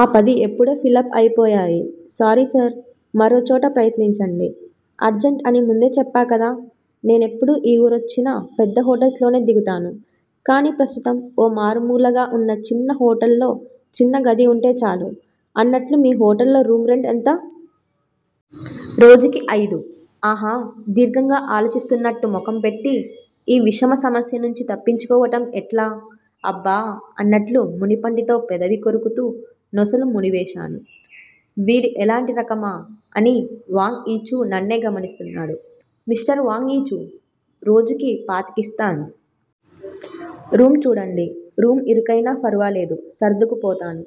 ఆ పది ఎప్పుడో ఫిలప్ అయిపోయాయి, సారీసర్. మరోచోట ప్రయత్నించండి. అర్జంట్ అని ముందే చెప్పాకదా! నేనెప్పుడు ఈ వూరొచ్చినా పెద్ద హోటల్స్ లోనే దిగుతాను. కాని ప్రస్తుతం ఓ మారుమూలగా ఉన్న చిన్న హోటల్లో చిన్న గది ఉంటే చాలు. అన్నట్లు మీ హోటల్లో రూమ్ రెంట్ ఎంత? రోజుకి అయిదు. ఆహా దీర్ఘంగా ఆలోచిస్తున్నట్టు ముఖం పెట్టి, ఈ విషమ సమస్యనుంచి తప్పించుకోవటం ఎట్లా అబ్బా! అన్నట్లు మునిపంటితో పెదవి కొరుకుతూ నొసలు ముడివేశాను. వీడు ఎలాంటి రకమా? అని వాంగ్ యీచూ నన్నే గమనిస్తున్నాడు. మిష్టర్ వాంగ్ యీచూ! రోజుకి పాతిక ఇస్తాను. రూమ్ చూడండి. రూమ్ ఇరుకయినా ఫరవాలేదు సర్దుకుపోతాను.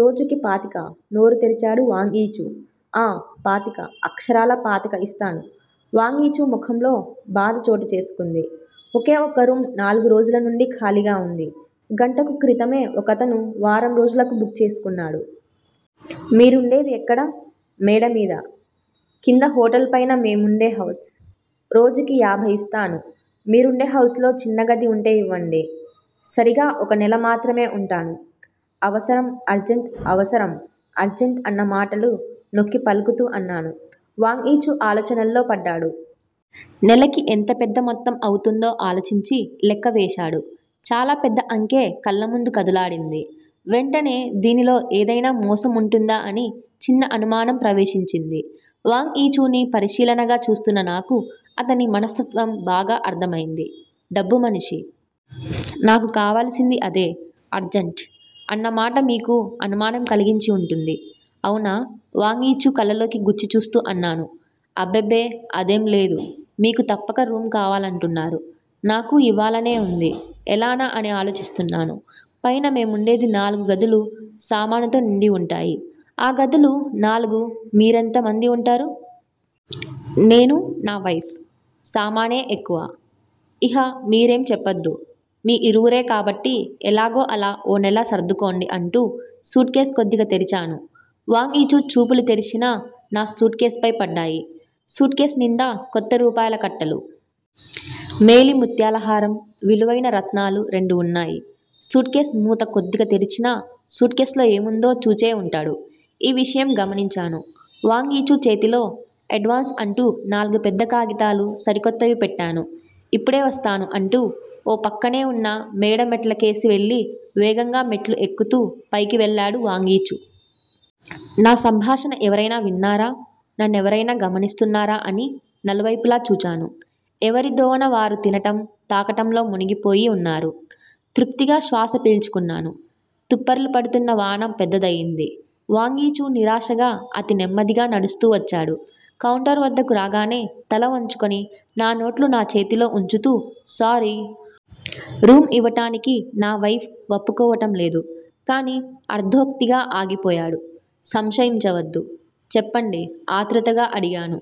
రోజుకి పాతికా? నోరు తెరిచాడు వాంగ్ యీచూ. ఆఁ. పాతిక, అక్షరాలా పాతిక ఇస్తాను. వాంగ్ యీచూ ముఖంలో బాధ చోటు చేసుకుంది. ఒకే ఒక్క రూమ్ నాలుగు రోజులనుండీ ఖాళీగా వుంది? గంటకు క్రితమే ఒకతను వారం రోజులకు బుక్ చేసుకున్నాడు. మీరుండేది ఎక్కడ? మేడ మీద. కింద హోటలు పైన మేముండే హౌస్. రోజుకి యాభై ఇస్తాను. మీరుండే హౌస్ లో చిన్నగది వుంటే ఇవ్వండి. సరీగా ఒక నెల మాత్రమే ఉంటాను. అవసరం, అర్జంట్ అవసరం, అర్జంట్ అన్న మాటలు నొక్కి పలుకుతూ అన్నాను. వాంగ్ యీచూ ఆలోచనలో పడ్డాడు. నెలకి ఎంత పెద్ద మొత్తం అవుతుందో ఆలోచించి లెక్క వేశాడు. చాలా పెద్ద అంకె కళ్ళముందు కదులాడింది. వెంటనే దీనిలో ఏదయినా మోసం ఉంటుందా అని చిన్న అనుమానం ప్రవేశించింది. వాంగ్ యీచూని పరిశీలనగా చూస్తున్న నాకు అతని మనస్తత్వం బాగా అర్ధం అయింది. డబ్బు మనిషి. నాకు కావలసింది అదే. అర్జంట్, అన్నమాట మీకు అనుమానం కలిగించి ఉంటుంది. అవునా? వాంగ్ యీచూ కళ్ళల్లోకి గుచ్చి చూస్తూ అన్నాను. అబ్బెబ్బె! అదేం లేదు. మీకు తప్పక రూమ్ కావాలంటున్నారు. నాకూ ఇవ్వాలనే ఉంది. ఎలానా, అని ఆలోచిస్తున్నాను. పైన మేముండేది నాలుగు గదులు సామానుతో నిండివుంటాయి ఆ గదులు నాలుగు మీరెంత మంది ఉంటారు? నేనూ, నా వైఫ్. సామానే ఎక్కువ! ఇహ మీరేం చెప్పొద్దు. మీఇరువురే కాబట్టి ఎలాగో అలా ఓ నెల సర్దుకోండి అంటూ సూట్ కేస్ కొద్దిగా తెరిచాను. వాంగ్ యీచూ చూపులు తెరిచిన నా సూట్ కేస్ పై పడ్డాయి. సూట్ కేస్ నిండా కొత్తరూపాయల కట్టలు. మేలి ముత్యాలహారం. విలువయిన రత్నాలు రెండు ఉన్నాయి. సూట్ కేస్ మూత కొద్దిగా తెరిచినా సూట్ కేస్ లో ఏముందో చూచే ఉంటాడు. ఈ విషయం గమనించాను. వాంగ్ యీచూ చేతిలో ఎడ్వాన్స్ అంటూ నాలుగు పెద్ద కాగితాలు సరికొత్తవి పెట్టాను. ఇప్పుడే వస్తాను అంటూ ఓ పక్కనే ఉన్న మేడమెట్లకేసి వెళ్ళి వేగంగా మెట్లు ఎక్కుతూ పైకి వెళ్ళాడు వాంగ్ యీచూ. నా సంభాషణ ఎవరైనా విన్నారా? నన్నెవరయినా గమనిస్తున్నారా? అని నలువైపులా చూచాను. ఎవరి దోవన వారు తినటం, తాగటంలో మునిగిపోయి ఉన్నారు. తృప్తిగా శ్వాస పీల్చుకున్నాను. తుప్పర్లు పడుతున్న వాన పెద్దదయింది. వాంగ్ యీచూ నిరాశగా అతి నెమ్మదిగా నడుస్తూ వచ్చాడు. కౌంటర్ వద్దకు రాగానే తల వంచుకుని నా నోట్లు నా చేతిలో ఉంచుతూ, సారీ! రూమ్ ఇవ్వటానికి నా వైఫ్ వప్పుకోవటం లేదు. కాని అర్ధోక్తిగా ఆగిపోయాడు. సంశయించవద్దు. చెప్పండి ఆతృతగా అడిగాను.